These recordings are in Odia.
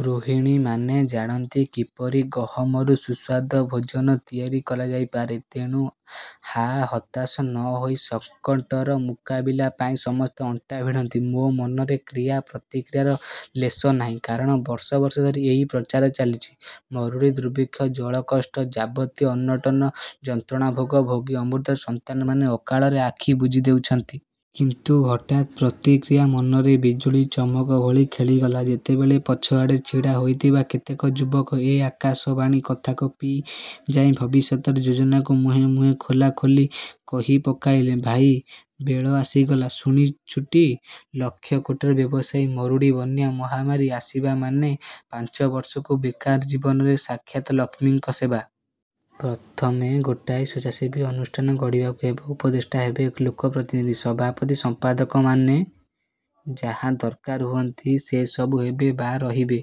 ଗୃହିଣୀମାନେ ଜାଣନ୍ତି, କିପରି ଗହମରୁ ସୁସ୍ୱାଦୁ ଭୋଜନ ତିଆରି କରାଯାଇପାରେ। ତେଣୁ ହା ହତାଶ ନ ହୋଇ ସଂକଟର ମୁକାବିଲା ପାଇଁ ସମସ୍ତେ ଅଣ୍ଟା ଭିଡ଼ନ୍ତୁ। ମୋ ମନରେ କ୍ରିୟା ପ୍ରତିକ୍ରିୟାର ଲେଶ ନାହିଁ। କାରଣ ବର୍ଷ ବର୍ଷ ଧରି ଏଇ ପ୍ରଚାର ଚାଲିଛି। ମରୁଡ଼ି, ଦୁର୍ଭିକ୍ଷ, ଜଳକଷ୍ଟ ଯାବତୀୟ ଅନଟନ ଯନ୍ତ୍ରଣାଭୋଗ ଭୋଗି ଅମୃତର ସନ୍ତାନମାନେ ଅକାଳରେ ଆଖି ବୁଜିଦେଉଛନ୍ତି। କିନ୍ତୁ ହଠାତ୍ ପ୍ରତିକ୍ରିୟା ମନରେ ବିଜୁଳି ଚମକ ଭଳି ଖେଳିଗଲା। ଯେତେବେଳେ ପଛଆଡ଼େ ଛିଡ଼ା ହୋଇଥିବା କେତେକ ଯୁବକ ଏ ଆକାଶବାଣୀ କଥାକୁ ପିଇଯାଇ ଭବିଷ୍ୟତର ଯୋଜନାକୁ ମୁହେଁ ମୁହେଁ ଖୋଲାଖୋଲି କହିପକାଇଲେ– ଭାଇ! ବେଳ ଆସିଗଲା। ଶୁଣିଛୁଟି! ଲକ୍ଷ, କୋଟିର ବ୍ୟବସାୟ। ମରୁଡ଼ି, ବନ୍ୟା, ମହାମାରୀ ଆସିବା ମାନେ ପାଞ୍ଚବର୍ଷକୁ ବେକାର ଜୀବନରେ ସାକ୍ଷାତ ଲକ୍ଷ୍ମୀଙ୍କ ସେବା। ପ୍ରଥମେ ଗୋଟାଏ ସ୍ୱେଚ୍ଛାସେବୀ ଅନୁଷ୍ଠାନ ଗଢ଼ିବାକୁ ହେବ। ଉପଦେଷ୍ଟା ହେବେ ଲୋକପ୍ରତିନିଧି। ସଭାପତି, ସମ୍ପାଦକମାନେ… ଯାହା ଦରକାର ହୁଅନ୍ତି, ସେ ସବୁ ହେବେ ବା ରହିବେ।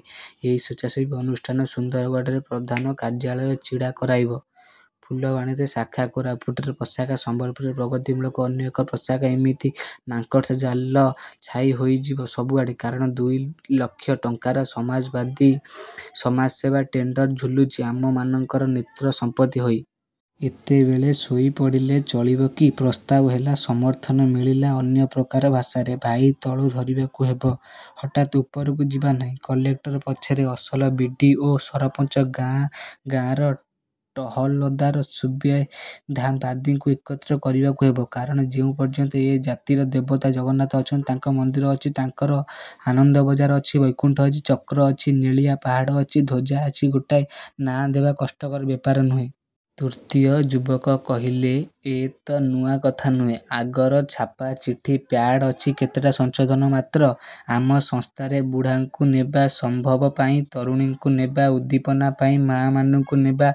ଏଇ ସ୍ୱେଚ୍ଛାସେବୀ ଅନୁଷ୍ଠାନ ସୁନ୍ଦରଗଡ଼ରେ ପ୍ରଧାନ କାର୍ଯ୍ୟାଳୟ ଛିଡ଼ା କରାଇବ। ଫୁଲବାଣୀରେ ଶାଖା, କୋରାପୁଟରେ ପ୍ରଶାଖା, ସମ୍ବଲପୁରରେ ପ୍ରଗତିମୂଳକ ଅନ୍ୟ ଏକ ପ୍ରଶାଖା–ଏମିତି ମାଙ୍କଡ଼ସା ଜାଲ ଛାଇ ହୋଇଯିବ ସବୁଆଡ଼େ; କାରଣ ଦୁଇଲକ୍ଷ ଟଙ୍କାର ସମାଜବାଦୀ ସମାଜସେବା ଟେଣ୍ଡର ଝୁଲୁଛି ଆମମାନଙ୍କର ନେତ୍ରସମ୍ପତ୍ତି ହୋଇ। ଏତେବେଳେ ଶୋଇପଡ଼ିଲେ ଚଳିବ କି? ପ୍ରସ୍ତାବ ହେଲା; ସମର୍ଥନ ମିଳିଲା ଅନ୍ୟପ୍ରକାର ଭାଷାରେ। ଭାଇ, ତଳୁ ଧରିବାକୁ ହେବ। ହଠାତ୍ ଉପରକୁ ଯିବାନାହିଁ। କଲେକ୍ଟର ପଛରେ… ଅସଲ ବି. ଡ଼ି. ଓ., ସରପଞ୍ଚ, ଗାଁଗାଁର ଟହଲଦାର ସୁବିଧାବାଦୀଙ୍କୁ ଏକତ୍ର କରିବାକୁ ହେବ। କାରଣ ଯେଉଁ ପର୍ଯ୍ୟନ୍ତ ଏ ଜାତିର ଦେବତା ଜଗନ୍ନାଥ ଅଛନ୍ତି, ତାଙ୍କର ମନ୍ଦିର ଅଛି, ତାଙ୍କର ଆନନ୍ଦବଜାର ଅଛି, ବୈକୁଣ୍ଠ ଅଛି, ଚକ୍ର ଅଛି, ନେଳିଆ ପାହାଡ଼ ଅଛି, ଧ୍ଵଜା ଅଛି, ଗୋଟାଏ ନାଁଦେବା କଷ୍ଟକର ବ୍ୟାପାର ନୁହେଁ। ତୃତୀୟ ଯୁବକ କହିଲେ–ଏ ତ ନୂଆ କଥା ନୁହେଁ! ଆଗର ଛାପା ଚିଠି ପ୍ୟାଡ଼୍ ଅଛି-କେତେଟା ସଂଶୋଧନ ମାତ୍ର। ଆମ ସଂସ୍ଥାରେ ବୁଢ଼ାଙ୍କୁ ନେବା ସଂଭ୍ରମ ପାଇଁ, ତରୁଣୀଙ୍କୁ ନେବା ଉଦ୍ଦୀପନା ପାଇଁ, ମାଆମାନଙ୍କୁ ନେବା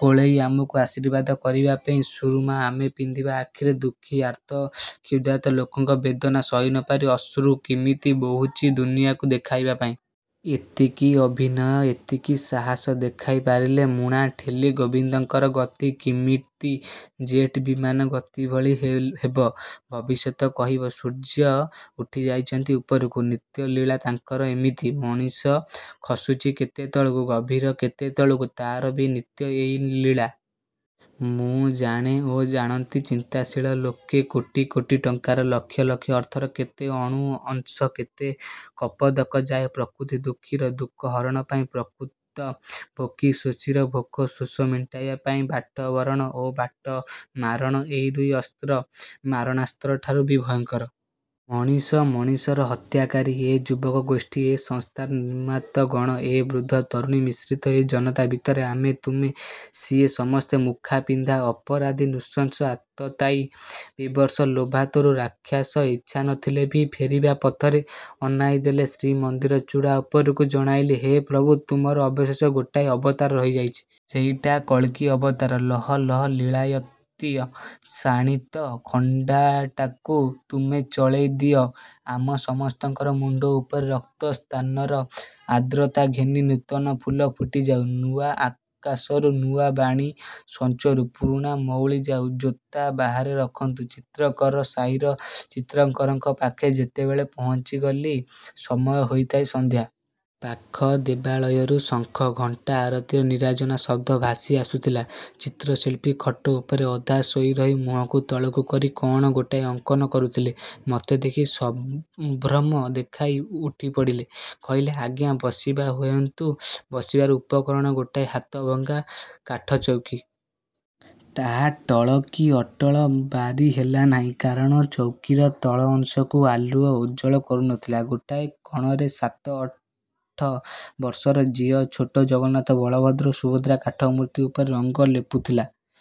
କୋଳେଇ ଆମକୁ ଆଶୀର୍ବାଦ କରିବା ପାଇଁ। ସୁରୁମା ଆମେ ପିନ୍ଧିବା ଆଖିରେ, ଦୁଃଖୀ ଆର୍ତ୍ତ କ୍ଷୂଧାର୍ତ୍ତ ଲୋକଙ୍କ ବେଦନା ସହିନପାରି ଅଶ୍ରୁ କିମିତି ବୋହୁଛି ଦୁନିଆକୁ ଦେଖାଇବା ପାଇଁ। ଏତିକି ଅଭିନୟ, ଏତିକି ସାହସ ଦେଖାଇପାରିଲେ ମୁଣା ଠେଲି ଗୋବିନ୍ଦଙ୍କର ଗତି କିମିତି ଜେଟ୍ ବିମାନ ଗତି ଭଳି ହେବ ଭବିଷ୍ୟତ କହିବ। ସୂର୍ଯ୍ୟ ଉଠିଯାଇଛନ୍ତି ଉପରକୁ। ନିତ୍ୟଲୀଳା ତାଙ୍କର ଏମିତି। ମଣିଷ ଖସୁଛି କେତେ ତଳକୁ–ଗଭୀର କେତେ ତଳକୁ–ତାର ବି ନିତ୍ୟ ଏଇ ଲୀଳା। ମୁଁ ଜାଣେ ଓ ଜାଣନ୍ତି ଚିନ୍ତାଶୀଳ ଲୋକେ, କୋଟି କୋଟି ଟଙ୍କାର, ଲକ୍ଷ ଲକ୍ଷ ଅର୍ଥର କେତେ ଅଣୁ ଅଂଶ, କେତେ କପର୍ଦ୍ଦକ ଯାଏ ପ୍ରକୃତ ଦୁଃଖୀର ଦୁଃଖ ହରଣ ପାଇଁ, ପ୍ରକୃତ ଭୋକୀ ଶୋଷୀର ଭୋକ ଶୋଷ ମେଣ୍ଟାଇବା ପାଇଁ। ବାଟବରଣ ଓ ବାଟମାରଣ ଏ ଦୁଇ ଅସ୍ତ୍ର ମାରଣାସ୍ତ୍ରଠାରୁ ବି ଭୟଙ୍କର। ମଣିଷ ମଣିଷର ହତ୍ୟାକାରୀ। ଏ ଯୁବକଗୋଷ୍ଠୀ, ଏ ସଂସ୍ଥାର ନିର୍ମାତାଗଣ, ଏ ବୃଦ୍ଧ-ତରୁଣୀ-ମିଶ୍ରିତ ଏ ଜନତା ଭିତରେ ଆମେ, ତୁମେ, ସିଏ-ସମସ୍ତେ ମୁଖାପିନ୍ଧା ଅପରାଧୀ। ନୃଶଂସ ଆତତାୟୀ–ବୀଭତ୍ସ ଲୋଭାତୁର ରାକ୍ଷସ। ଇଚ୍ଛା ନଥିଲେ ବି ଫେରିବା ପଥରେ ଅନାଇଁଦେଲି ଶ୍ରୀମନ୍ଦିର ଚୂଡ଼ା ଉପରକୁ। ଜଣାଇଲି–ହେ ପ୍ରଭୁ, ତୁମର ଅବଶେଷ ଗୋଟାଏ ଅବତାର ରହିଯାଇଛି। ସେଇଟା କଳ୍କୀ ଅବତାର! ଲହ ଲହ ଲୀଳାୟିତ ଶାଣିତ ଖଣ୍ଡାଟାକୁ ତୁମେ ଚଳେଇଦିଅ ଆମ ସମସ୍ତଙ୍କର ମୁଣ୍ଡ ଉପରେ। ରକ୍ତସ୍ନାନର ଆର୍ଦ୍ରତା ଘେନି ନୂତନ ଫୁଲ ଫୁଟିଯାଉ। ନୂଆ ଆକାଶରୁ ନୂଆ ବାଣୀ ସଂଚରୁ। ପୁରୁଣା ମଉଳିଯାଉ। ଜୋତା ବାହାରେ ରଖନ୍ତୁ ଚିତ୍ରକରସାହିର ଚିତ୍ରକରଙ୍କ ପାଖେ ଯେତେବେଳେ ପହଞ୍ଚିଗଲି, ସମୟ ହୋଇଥାଏ ସନ୍ଧ୍ୟା। ପାଖ ଦେବାଳୟରୁ ଶଙ୍ଖ, ଘଣ୍ଟା ଆରତିର ନିରାଜନା ଶଦ୍ଦ ଭାସିଆସୁଥିଲା। ଚିତ୍ରଶିଳ୍ପୀ ଖଟ ଉପରେ ଅଧା ଶୋଇରହି ମୁହଁକୁ ତଳକୁ କରି କଅଣ ଗୋଟାଏ ଅଙ୍କନ କରୁଥିଲେ। ମତେ ଦେଖି ସଂଭ୍ରମ ଦେଖାଇ ଉଠିପଡ଼ିଲେ। କହିଲେ–ଆଜ୍ଞା, ବସିବା ହେଉନ୍ତୁ। ବସିବାର ଉପକରଣ ଗୋଟାଏ ହାତଭଙ୍ଗା କାଠଚୌକି। ତାହା ଟଳ କି। ଅଟଳ ବାରିହେଲାନାହିଁ; କାରଣ ଚୌକିର ତଳ ଅଂଶକୁ ଆଲୁଅ ଉଜ୍ଜ୍ଵଳ କରୁନଥିଲା। ଗୋଟାଏ କଣରେ ସାତ ଆଠ ବର୍ଷର ଝିଅ ଛୋଟ ଜଗନ୍ନାଥ, ବଳଭଦ୍ର ଓ ସୁଭଦ୍ରା କାଠମୂର୍ତ୍ତି ଉପରେ ରଙ୍ଗ ଲେପୁଥିଲା-।